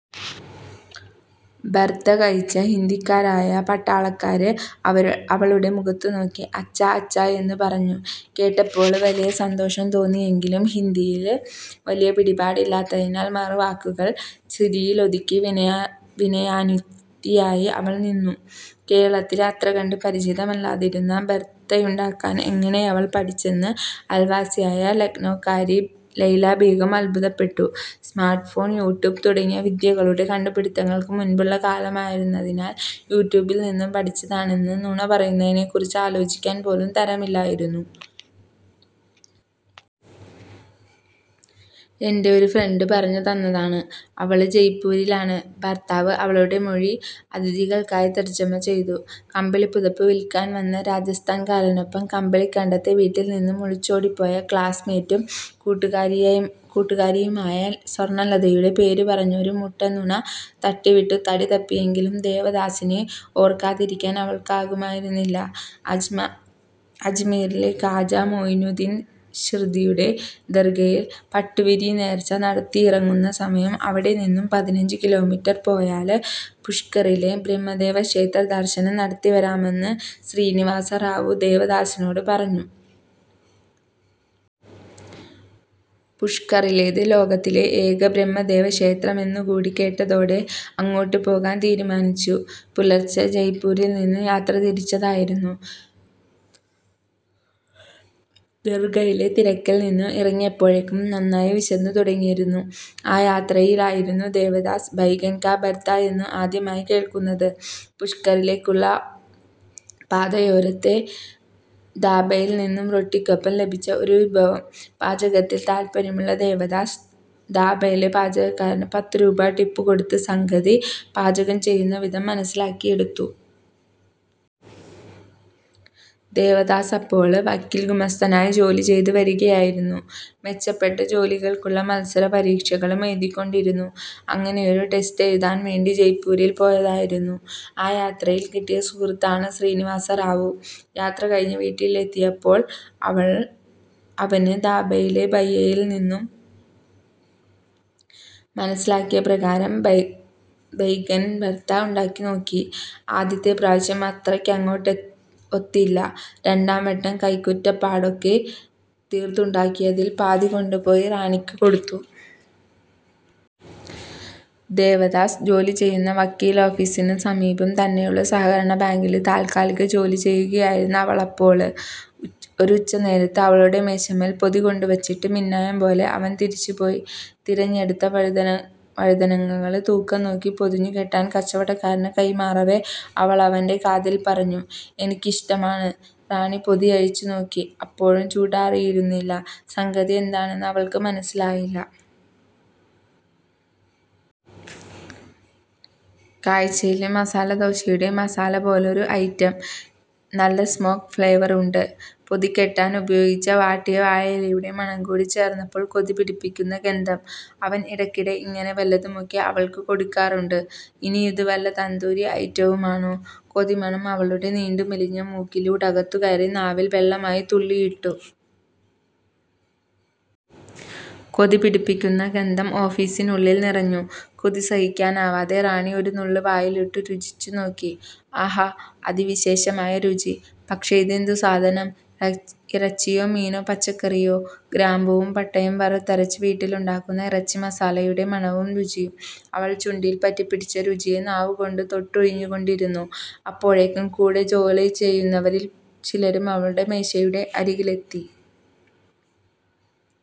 ബര്ത്ത കഴിച്ച ഹിന്ദിക്കാരായ പട്ടാളക്കാര് അവളുടെ മുഖത്തുനോക്കി 'അച്ഛാ, അച്ഛാ-' യെന്നു പറഞ്ഞു. കേട്ടപ്പോള് വലിയ സന്തോഷം തോന്നിയെങ്കിലും ഹിന്ദിയില് വലിയ പിടിപാടില്ലാത്തതിനാല് മറുവാക്കുകള് ചിരിയിലൊതുക്കി വിനയാന്വതിയായി അവള് നിന്നു. കേരളത്തില് അത്രകണ്ടു പരിചിതമല്ലാതിരുന്ന ബര്ത്തയുണ്ടാക്കാന് എങ്ങനെയവള് പഠിച്ചെന്നു അയല്വാസിയായ ലക്നോക്കാരി ലൈലാബീഗം അത്ഭുതപ്പെട്ടു. സ്മാര്ട്ട് ഫോണ്, യൂട്യൂബ് തുടങ്ങിയ വിദ്യകളുടെ കണ്ടുപിടുത്തങ്ങള്ക്ക് മുന്പുള്ള കാലമായിരുന്നതിനാല് യൂട്യൂബില് നിന്നും പഠിച്ചതാണെന്ന നുണപറയുന്നതിനെക്കുറിച്ച് ആലോചിക്കാന് പോലും തരമില്ലായിരുന്നു. 'എന്റെ ഒരു ഫ്രണ്ട് പറഞ്ഞു തന്നതാണ്. അവള് ജയ്പ്പൂരിലാണ്'' ഭര്ത്താവ് അവളുടെ മൊഴി അതിഥികള്ക്കായി തര്ജമ ചെയ്തു. കമ്പിളിപ്പുതപ്പു വില്ക്കാന് വന്ന രാജസ്ഥാന്കാരനൊപ്പം കമ്പിളികണ്ടത്തെ വീട്ടില്നിന്നും ഒളിച്ചോടിപ്പോയ ക്ലാസ്മേറ്റും കൂട്ടുകാരിയുമായ സ്വര്ണ്ണലതയുടെ പേരുപറഞ്ഞൊരു മുട്ടന്നുണ തട്ടിവിട്ടു തടിതപ്പിയെങ്കിലും ദേവദാസിനെ ഓര്ക്കാതിരിക്കാന് അവള്ക്കാകുമായിരുന്നില്ല. അജ്മീറിലെ കാജാ മോയിനുദ്ദിന് ഷിര്ദ്ദിയുടെ ദര്ഗയില് പട്ടുവിരിനേര്ച്ച നടത്തിയിറങ്ങുന്നസമയം അവിടെനിന്നും പതിനഞ്ചുകിലോമീറ്റര് പോയാല് പുഷ്കറിലെ ബ്രഹ്മദേവക്ഷേത്ര ദര്ശനം നടത്തിവരാമെന്ന് ശ്രീനിവാസറാവു ദേവദാസിനോട് പറഞ്ഞു. പുഷ്കറിലേത് ലോകത്തിലെ ഏക ബ്രഹ്മദേവ ക്ഷേത്രമെന്നുകൂടി കേട്ടതോടെ അങ്ങോട്ടു പോകാന് തീരുമാനിച്ചു. പുലര്ച്ചെ ജയ്പൂരില്നിന്നും യാത്രതിരിച്ചതായിരുന്നു. ദര്ഗയിലെ തിരക്കില്നിന്നും ഇറങ്ങിയപ്പോഴേക്കും നന്നായി വിശന്നുതുടങ്ങിയിരുന്നു. ആ യാത്രയിലായിരുന്നു ദേവദാസ് 'ബൈഗന് കാ ബര്ത്താ'യെന്നു ആദ്യമായി കേള്ക്കുന്നത്. പുഷ്കറിലേക്കുള്ള പാതയോരത്തെ ദാബയില്നിന്നും റൊട്ടിക്കൊപ്പം ലഭിച്ച ഒരു വിഭവം. പാചകത്തില് താല്പര്യമുള്ള ദേവദാസ്, ദാബയിലെ പാചകക്കാരന് പത്തുരൂപാ ടിപ്പുകൊടുത്ത് സംഗതി പാചകം ചെയ്യുന്ന വിധം മനസ്സിലാക്കിയെടുത്തു. ദേവദാസപ്പോള് വക്കീല്ഗുമസ്തനായി ജോലിചെയ്തു വരികയായിരുന്നു. മെച്ചപ്പെട്ട ജോലികള്ക്കുള്ള മത്സരപരീക്ഷകളും എഴുതിക്കൊണ്ടിരുന്നു. അങ്ങനെയൊരു ടെസ്റ്റെഴുതാന്വേണ്ടി ജയ്പ്പൂരില് പോയതായിരുന്നു. ആ യാത്രയില് കിട്ടിയ സുഹൃത്താണ് ശ്രീനിവാസറാവു. യാത്രകഴിഞ്ഞു വീട്ടിലെത്തിയപ്പോള് അവന് ദാബയിലെ ഭയ്യയില് നിന്നും മനസ്സിലാക്കിയ പ്രകാരം 'ബൈഗന് ബര്ത്ത' ഉണ്ടാക്കിനോക്കി. ആദ്യത്തെ പ്രാവശ്യം അത്രയ്ക്കങ്ങോട്ടൊത്തില്ല. രണ്ടാംവട്ടം കൈക്കുറ്റപ്പാടൊക്കെ തീര്ത്തുണ്ടാക്കിയതില് പാതികൊണ്ടുപോയി റാണിക്ക് കൊടുത്തു. ദേവദാസ് ജോലിചെയ്യുന്ന വക്കീലോഫിസിനു സമീപം തന്നെയുള്ള സഹകരണബാങ്കില് താല്ക്കാലിക ജോലി ചെയ്യുകയായിരുന്നു അവളപ്പോള്. ഒരുച്ചനേരത്ത് അവളുടെ മേശമേല് പൊതികൊണ്ടുവെച്ചിട്ട് മിന്നായംപോലെ അവന് തിരിച്ചുപോയി. തിരഞ്ഞെടുത്ത വഴുതനങ്ങകള് തൂക്കംനോക്കി പൊതിഞ്ഞുകെട്ടാന് കച്ചവടക്കാരനു കൈമാറവേ അവളവന്റെ കാതില് പറഞ്ഞു. '' എനിക്കിഷ്ടമാണ്'' റാണി പൊതിയഴിച്ചുനോക്കി. അപ്പോഴും ചൂടാറിയിരുന്നില്ല. സംഗതി എന്താണെന്നു അവള്ക്കു മനസ്സിലായില്ല. കാഴ്ചയില് മസാലദോശയുടെ മസാല പോലൊരു ഐറ്റം. നല്ല സ്മോക്ക് ഫ്ലേവറുണ്ട്. പൊതികെട്ടാന് ഉപയോഗിച്ച വാട്ടിയ വാഴയിലയുടെ മണംകൂടി ചേര്ന്നപ്പോള് കൊതിപിടിപ്പിക്കുന്ന ഗന്ധം. അവന് ഇടക്കിടെ ഇങ്ങനെ വല്ലതുമൊക്കെ അവള്ക്കു കൊടുക്കാറുണ്ട്. ഇനിയിതു വല്ല തന്തൂരി ഐറ്റവുമാണോ? കൊതിമണം അവളുടെ നീണ്ടുമെലിഞ്ഞ മൂക്കിലൂടകത്തുകയറി നാവില് വെള്ളമായി തുള്ളിയിട്ടു. കൊതിപിടിപ്പിക്കുന്ന ഗന്ധം ഓഫീസിനുള്ളില് നിറഞ്ഞു. കൊതിസഹിക്കാനാവാതെ റാണി ഒരുനുള്ള് വായിലിട്ടു രുചിനോക്കി. ആഹാ.. അതിവിശേഷമായ രുചി!. പക്ഷെ ഇതെന്തു സാധനം!. ഇറച്ചിയോ മീനോ പച്ചക്കറിയോ? ഗ്രാമ്പുവും പട്ടയും വറുത്തരച്ചു വീട്ടിലുണ്ടാക്കുന്ന ഇറച്ചിമസാലയുടെ മണവും രുചിയും!. അവള് ചുണ്ടില് പറ്റിപ്പിടിച്ച രുചിയെ നാവുകൊണ്ട് തൊട്ടുഴിഞ്ഞുകൊണ്ടിരുന്നു. അപ്പോഴേക്കും കൂടെ ജോലിചെയ്യുന്നവരില് ചിലരും അവളുടെ മേശയുടെ അരികിലെത്തി.